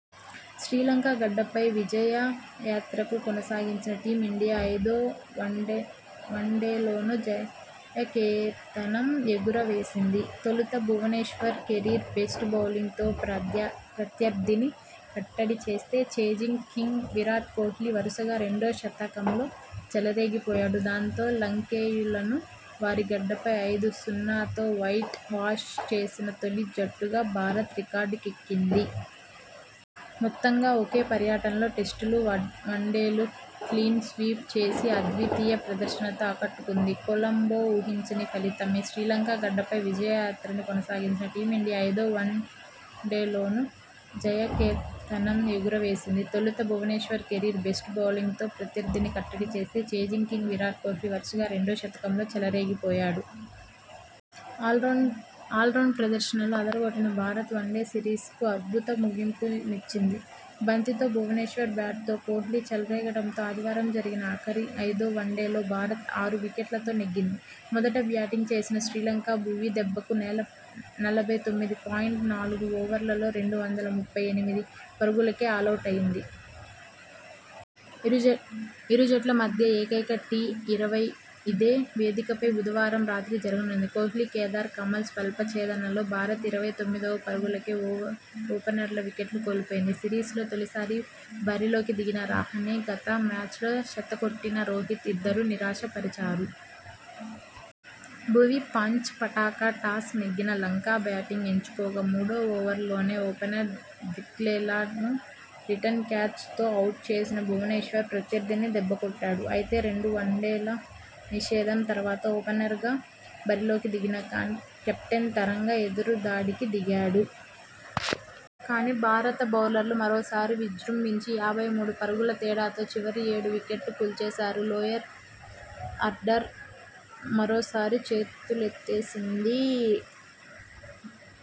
శ్రీలంక గడ్డపై విజయయాత్రకు కొనసాగించిన టీం ఇండియా ఐదో వన్డే వన్డేలోనూ జయ కేతనం ఎగురవేసింది. తొలుత భువనేశ్వర్ కెరీర్ బెస్ట్ బౌలింగ్ తో ప్రత్యర్థిని కట్టడి చేస్తే ఛేజింగ్ కింగ్ విరాట్ కోహ్లీ వరుసగా రెండో శతకంతో చెలరేగిపోయాడు. దాంతో, లంకేయులను వారి గడ్డపై ఐదు సున్నాతో వైట్ వాష్ చేసిన తొలి జట్టుగా భారత్ రికార్డుకెక్కింది. మొత్తంగా ఒకే పర్యటనలో టెస్టులు, వన్డేలు క్లీన్ స్వీప్ చేసి అద్వితీయ ప్రదర్శనతో ఆకట్టుకుంది. కొలంబో ఊహించని ఫలితమే. శ్రీలంక గడ్డపై విజయయాత్రను కొనసాగించిన టీం ఇండియా ఐదో వన్డే లోనూ జయకేతనం ఎగురవేసింది. తొలుత భువనేశ్వర్ కెరీర్ బెస్ట్ బౌలింగ్ తో ప్రత్యర్థిని కట్టడి చేస్తే ఛేజింగ్ కింగ్ విరాట్ కోహ్లీ వరుసగా రెండో శతకంలో చెలరేగిపోయాడు. ఆల్రౌండ్ ఆల్రౌండ్ ప్రదర్శనలో అదరగొట్టిన భారత్ వన్డే సిరీస్ కు అద్భుత ముగింపు నిచ్చింది. బంతితో భువనేశ్వర్, బ్యాట్ తో కోహ్లీ చెలరేగడంతో ఆదివారం జరిగిన ఆఖరి, ఐదో వన్డేలో భారత్ ఆరు వికెట్లతో నెగ్గింది. మొదట బ్యాటింగ్ చేసిన శ్రీలంక. భువీ దెబ్బకు నలభై తొమ్మిది పాయింట్ నాలుగు ఓవర్లలో రెండు వందల ముప్పై ఎనిమిది పరుగులకే ఆలౌటైంది. ఇరుజ ఇరు జట్ల మధ్య ఏకైక టీ ఇరవై ఇదే వేదికపై బుధవారం రాత్రి జరగనుంది. కోహ్లీ, కేదార్ కమాల్ స్వల్ప ఛేదనలో భారత్ ఇరవై తొమ్మిదో పరుగులకే ఓపెనర్ల వికెట్లు కోల్పోయింది. సిరీస్ లో తొలిసారి బరిలోకి దిగిన రహానె, గత మ్యాచ్లో శతక్కొట్టిన రోహిత్ ఇద్దరూ నిరాశ పరిచారు. భువీ పాంచ్ పటాకా టాస్ నెగ్గిన లంక బ్యాటింగ్ ఎంచుకోగా. మూడో ఓవర్ లోనే ఓపెనర్ డిక్వెలా ను రిటర్న్ క్యాచ్ తో అవుట్ చేసిన భువనేశ్వర్ ప్రత్యర్థిని దెబ్బకొట్టాడు. అయితే, రెండు వన్డేల నిషేధం తర్వాత ఓపెనర్ గా బరిలోకి దిగిన కెప్టెన్ తరంగ ఎదురుదాడికి దిగాడు. కానీ, భారత బౌలర్లు మరోసారి విజృంభించి యాభై మూడు పరుగుల తేడాతో చివరి ఏడు వికెట్లు కూల్చేశారు. లోయర్ ఆర్డర్ మరోసారి చేతులెత్తేసింది.